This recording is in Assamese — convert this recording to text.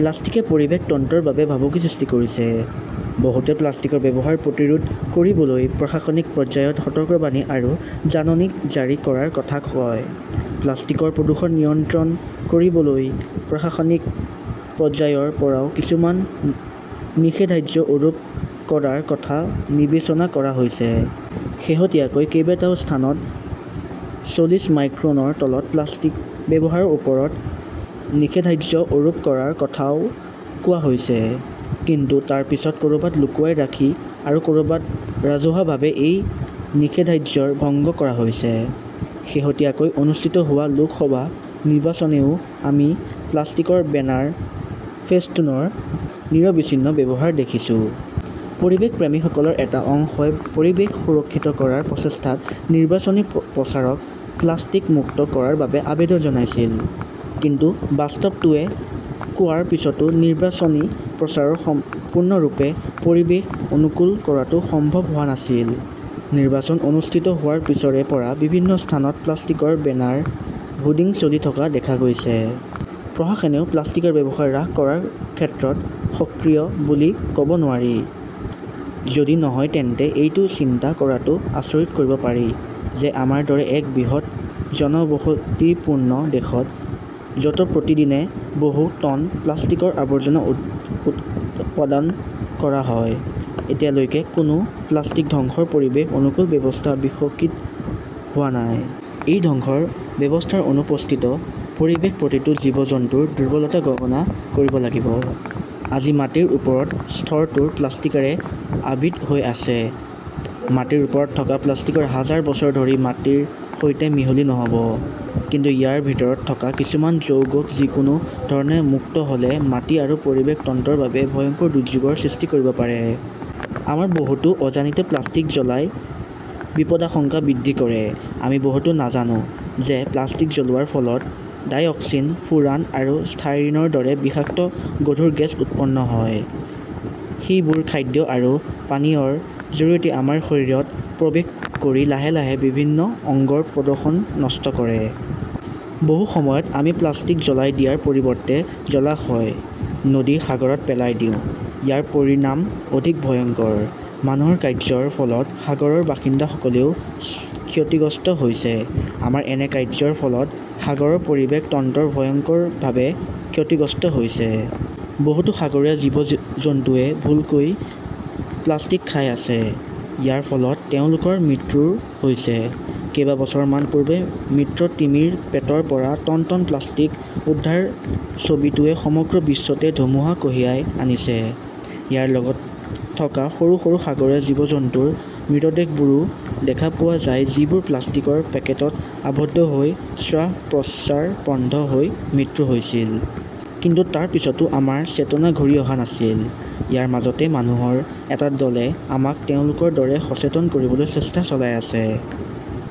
প্লাষ্টিকে পৰিৱেশ তন্ত্ৰৰ বাবে ভাবুকিৰ সৃষ্টি কৰিছে। বহুতে প্লাষ্টিকৰ ব্যৱহাৰ প্ৰতিৰোধ কৰিবলৈ প্ৰশাসনিক পৰ্যায়ত সতৰ্কবাণী আৰু জাননী জাৰি কৰাৰ কথা কয়। প্লাষ্টিকৰ প্ৰদূষণ নিয়ন্ত্ৰণ কৰিবলৈ প্ৰশাসনিক পৰ্যায়ৰ পৰাও কিছুমান নিষেধাজ্ঞা আৰোপ কৰাৰ কথা বিবেচনা কৰা হৈছে। শেহতীয়াকৈ কেইবাটাও স্থানত চল্লিশ মাইক্ৰনৰ তলত প্লাষ্টিক ব্যৱহাৰৰ ওপৰত নিষেধাজ্ঞা আৰোপ কৰাৰ কথাও কোৱা হৈছে। কিন্তু তাৰ পিছতো ক'ৰবাত লুকুৱাই ৰাখি আৰু ক'ৰবাত ৰাজহুৱাভাৱে এই নিষেধাজ্ঞা ভংগ কৰা হৈছে। শেহতীয়াকৈ অনুষ্ঠিত হোৱা লোকসভা নিৰ্বাচনতও আমি প্লাষ্টিকৰ বেনাৰ ফেষ্টুনৰ নিৰবিচ্ছিন্ন ব্যৱহাৰ দেখিছো। পৰিৱেশ প্ৰেমীসকলৰ এটা অংশই পৰিৱেশ সুৰক্ষিত কৰাৰ প্ৰচেষ্টাত নিৰ্বাচনী প্ৰচাৰক 'প্লাষ্টিক মুক্ত "কৰাৰ বাবে আবেদন জনাইছিল। কিন্তু বাস্তৱটোৱে কোৱাৰ পিছতো নিৰ্বাচনী প্ৰচাৰক সম্পূৰ্ণৰূপে 'পৰিৱেশ অনুকূল' কৰাটো সম্ভৱ হোৱা নাছিল। নিৰ্বাচন অনুষ্ঠিত হোৱাৰ পিছৰে পৰা বিভিন্ন স্থানত প্লাষ্টিকৰ বেনাৰ হোৰ্ডিং চলি থকা দেখা গৈছে। প্ৰশাসনেও প্লাষ্টিকৰ ব্যৱহাৰ হ্ৰাস কৰাৰ ক্ষেত্ৰত সক্ৰিয় বুলি ক'ব নোৱাৰি। যদি নহয়, তেন্তে এইটো চিন্তা কৰাটো আচৰিত কৰিব পাৰি যে আমাৰ দৰে এক বৃহৎ জনবসতিপূৰ্ণ দেশত, য 'ত প্ৰতিদিনে বহু টন প্লাষ্টিকৰ আৱৰ্জনা উৎপাদন কৰা হয়, এতিয়ালৈকে কোনো প্লাষ্টিক ধ্বংসৰ পৰিৱেশ-অনুকূল ব্যৱস্থা বিকশিত হোৱা নাই। এই ধ্বংস ব্যৱস্থাৰ অনুপস্থিতিত পৰিৱেশৰ প্ৰতিটো জীৱ-জন্তুৰ দুৰ্বলতা গণনা কৰিব লাগিব। আজি মাটিৰ ওপৰৰ স্তৰটো প্লাষ্টিকৰে আবৃত হৈ আছে। মাটিৰ ওপৰত থকা প্লাষ্টিক হাজাৰ বছৰ ধৰি মাটিৰ সৈতে মিহলি নহ'ব। কিন্তু ইয়াৰ ভিতৰত থকা কিছুমান যৌগ যিকোনো ধৰণে মুক্ত হ'লে মাটি আৰু পৰিৱেশ তন্ত্ৰৰ বাবে ভয়ংকৰ দুৰ্যোগৰ সৃষ্টি কৰিব পাৰে। আমাৰ বহুতে অজানিতে প্লাষ্টিক জ্বলাই বিপদাশংকা বৃদ্ধি কৰে। আমি বহুতে নাজানো যে প্লাষ্টিক জ্বলোৱাৰ ফলত ডাইঅক্সিন, ফুৰান আৰু ষ্টাইৰিনৰ দৰে বিষাক্ত গধুৰ গেছ উৎপন্ন হয়। সেইবোৰে খাদ্য আৰু পানীয়ৰ জৰিয়তে আমাৰ শৰীৰত প্ৰৱেশ কৰি লাহে লাহে বিভিন্ন অংগৰ প্ৰদৰ্শন নষ্ট কৰে। বহু সময়ত আমি প্লাষ্টিক জ্বলাই দিয়াৰ পৰিৱৰ্তে জলাশয়, নদী, সাগৰত পেলাই দিওঁ। ইয়াৰ পৰিণাম অধিক ভয়ংকৰ। মানুহৰ কাৰ্যৰ ফলত সাগৰৰ বাসিন্দাসকলেও ক্ষতিগ্ৰস্ত হৈছে। আমাৰ এনে কাৰ্য্যৰ ফলত সাগৰৰ পৰিৱেশ তন্ত্ৰ ভয়ংকৰভাৱে ক্ষতিগ্ৰস্ত হৈছে। বহুতো সাগৰীয় জীৱ-জন্তুৱে ভুলকৈ প্লাষ্টিক খাই আছে। ইয়াৰ ফলত তেওঁলোকৰ মৃত্যুও হৈছে। কেইবছৰমান পূৰ্বে মৃত তিমিৰ পেটৰ পৰা টন টন প্লাষ্টিক উদ্ধাৰৰ ছবিটোৱে সমগ্ৰ বিশ্বতে ধুমুহা কঢ়িয়াই আনিছে। ইয়াৰ লগত থকা সৰু সৰু সাগৰীয় জীৱ-জন্তুৰ মৃতদেহবোৰো দেখা পোৱা যায় যিবোৰ প্লাষ্টিকৰ পেকেটত আবদ্ধ হৈ শ্বাস-প্ৰশ্বাস বন্ধ হৈ মৃত্যু হৈছিল। কিন্তু তাৰ পিছতো আমাৰ চেতনা ঘূৰি অহা নাছিল। ইয়াৰ মাজতে মানুহৰ এটা দলে আমাক তেওঁলোকৰ দৰে সচেতন কৰিবলৈ চেষ্টা চলাই আছে।